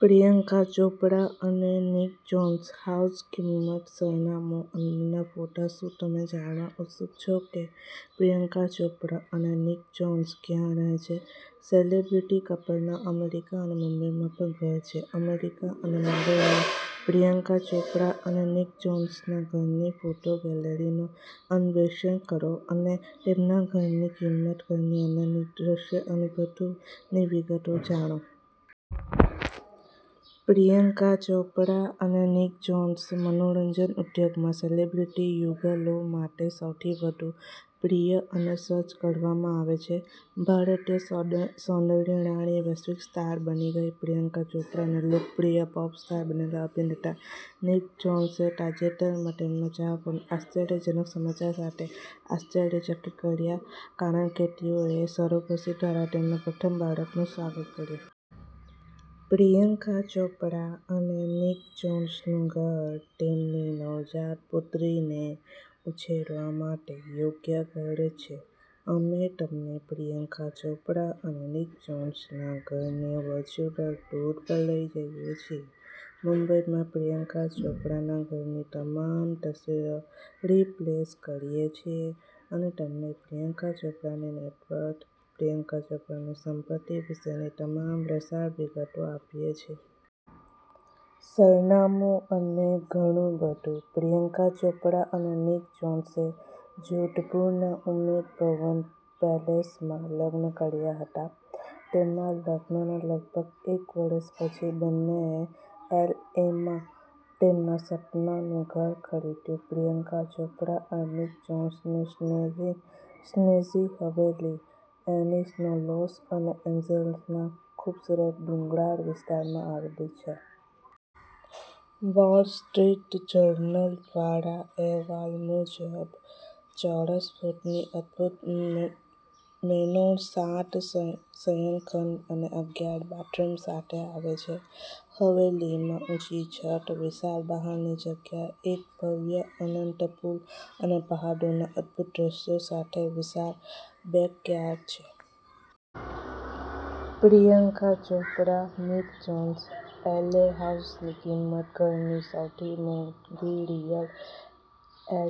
પ્રિયંકા ચોપરા અને Nick Jonas house કિંમત, સરનામું, અંદરના ફોટા શું તમે જાણવા ઉત્સુક છો કે પ્રિયંકા ચોપરા અને નિક જોનાસ ક્યાં રહે છે? સેલિબ્રિટી કપલના અમેરિકા અને મુંબઈમાં પણ ઘર છે. અમેરિકા અને મુંબઈમાં પ્રિયંકા ચોપરા અને નિક જોનાસના ઘરની ફોટો ગેલેરીનું અન્વેષણ કરો અને તેમના ઘરની કિંમત, ઘરની અંદરનું દૃશ્ય અને વધુની વિગતો જાણો. પ્રિયંકા ચોપરા અને નિક જોનાસ મનોરંજન ઉદ્યોગમાં સેલિબ્રિટી યુગલો માટે સૌથી વધુ પ્રિય અને સર્ચ કરવામાં આવે છે. ભારતીય સૌંદર્ય રાણી વૈશ્વિક સ્ટાર બની ગઈ પ્રિયંકા ચોપરા અને લોકપ્રિય પોપ સ્ટાર બનેલા અભિનેતા નિક જોનાસે તાજેતરમાં તેમના ચાહકોને આશ્ચર્યજનક સમાચાર સાથે આશ્ચર્યચકિત કર્યા કારણ કે તેઓએ સરોગસી દ્વારા તેમના પ્રથમ બાળકનું સ્વાગત કર્યું. પ્રિયંકા ચોપરા અને નિક જોનાસનું ઘર તેમની નવજાત પુત્રીને ઉછેરવા માટે યોગ્ય ઘર છે. અમે તમને પ્રિયંકા ચોપરા અને નિક જોનાસના ઘરની વર્ચ્યુઅલ ટૂર પર લઈ જઈએ છીએ, મુંબઈમાં પ્રિયંકા ચોપરાના ઘરની તમામ તસવીરો સ્પ્લેશ કરીએ છીએ અને તમને પ્રિયંકા ચોપરાની નેટવર્થ, પ્રિયંકા ચોપરાની સંપત્તિ વિશેની તમામ રસાળ વિગતો આપીએ છીએ. સરનામું અને ઘણું બધું. પ્રિયંકા ચોપરા અને નિક જોનાસે જોધપુરના ઉમેદ ભવન પેલેસમાં લગ્ન કર્યા હતા. તેમના લગ્નના લગભગ એક વર્ષ પછી બંનેએ એલએમાં તેમના સપનાનું ઘર ખરીદ્યું. પ્રિયંકા ચોપરા અને નિક જોનાસની સ્નેઝી હવેલી એન્સિનો લોસ એન્જલસના ખૂબસૂરત ડુંગરાળ વિસ્તારમાં આવેલી છે. વોલ સ્ટ્રીટ જર્નલ દ્વારા અહેવાલ મુજબ, ચોરસ ફૂટની અદભૂત મેનોર સાત શયનખંડ અને અગિયાર બાથરૂમ સાથે આવે છે. હવેલીમાં ઊંચી છત, વિશાળ બહારની જગ્યા, એક ભવ્ય અનંત પૂલ અને પહાડોના અદભૂત દૃશ્ય સાથે વિશાળ બેકયાર્ડ છે. Priyanka Chopra Nick Jonas L હાઉસની કિંમત ઘરની સૌથી મોંઘી રિયલ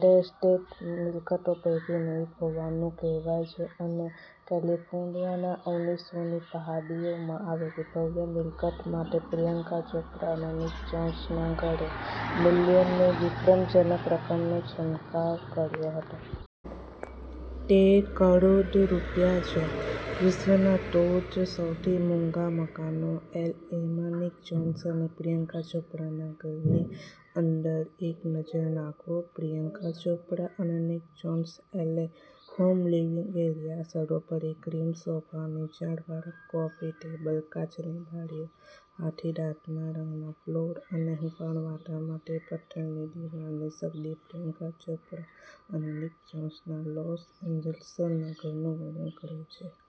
એસ્ટેટ મિલકતો પૈકીની એક હોવાનું કહેવાય છે અને કેલિફોર્નિયાના એન્સિનોની પહાડીઓમાં આવેલી ભવ્ય મિલકત માટે પ્રિયંકા ચોપરા અને નિક જોનાસના ઘરે મિલિયનની વિક્રમજનક રકમનો છંટકાવ કર્યો હતો. તે કરોડ રૂપિયા છે. વિશ્વના ટોચના સૌથી મોંઘા મકાનો એલએમાં નિક જોનાસ અને પ્રિયંકા ચોપરાના ઘરની અંદર એક નજર નાખો. પ્રિયંકા ચોપરા અને Nick Jonas LA home living area સર્વોપરી ક્રીમ સોફા, નીચાણ વાળા કોફી ટેબલ, કાચની બારીઓ, હાથીદાંતના રંગના ફ્લોર અને હૂંફાળું વાતાવરણ માટે પથ્થરની દીવાલની સગડી પ્રિયંકા ચોપરા અને નિક જોનાસના લોસ એન્જલસના ઘરનું વર્ણન કરે છે.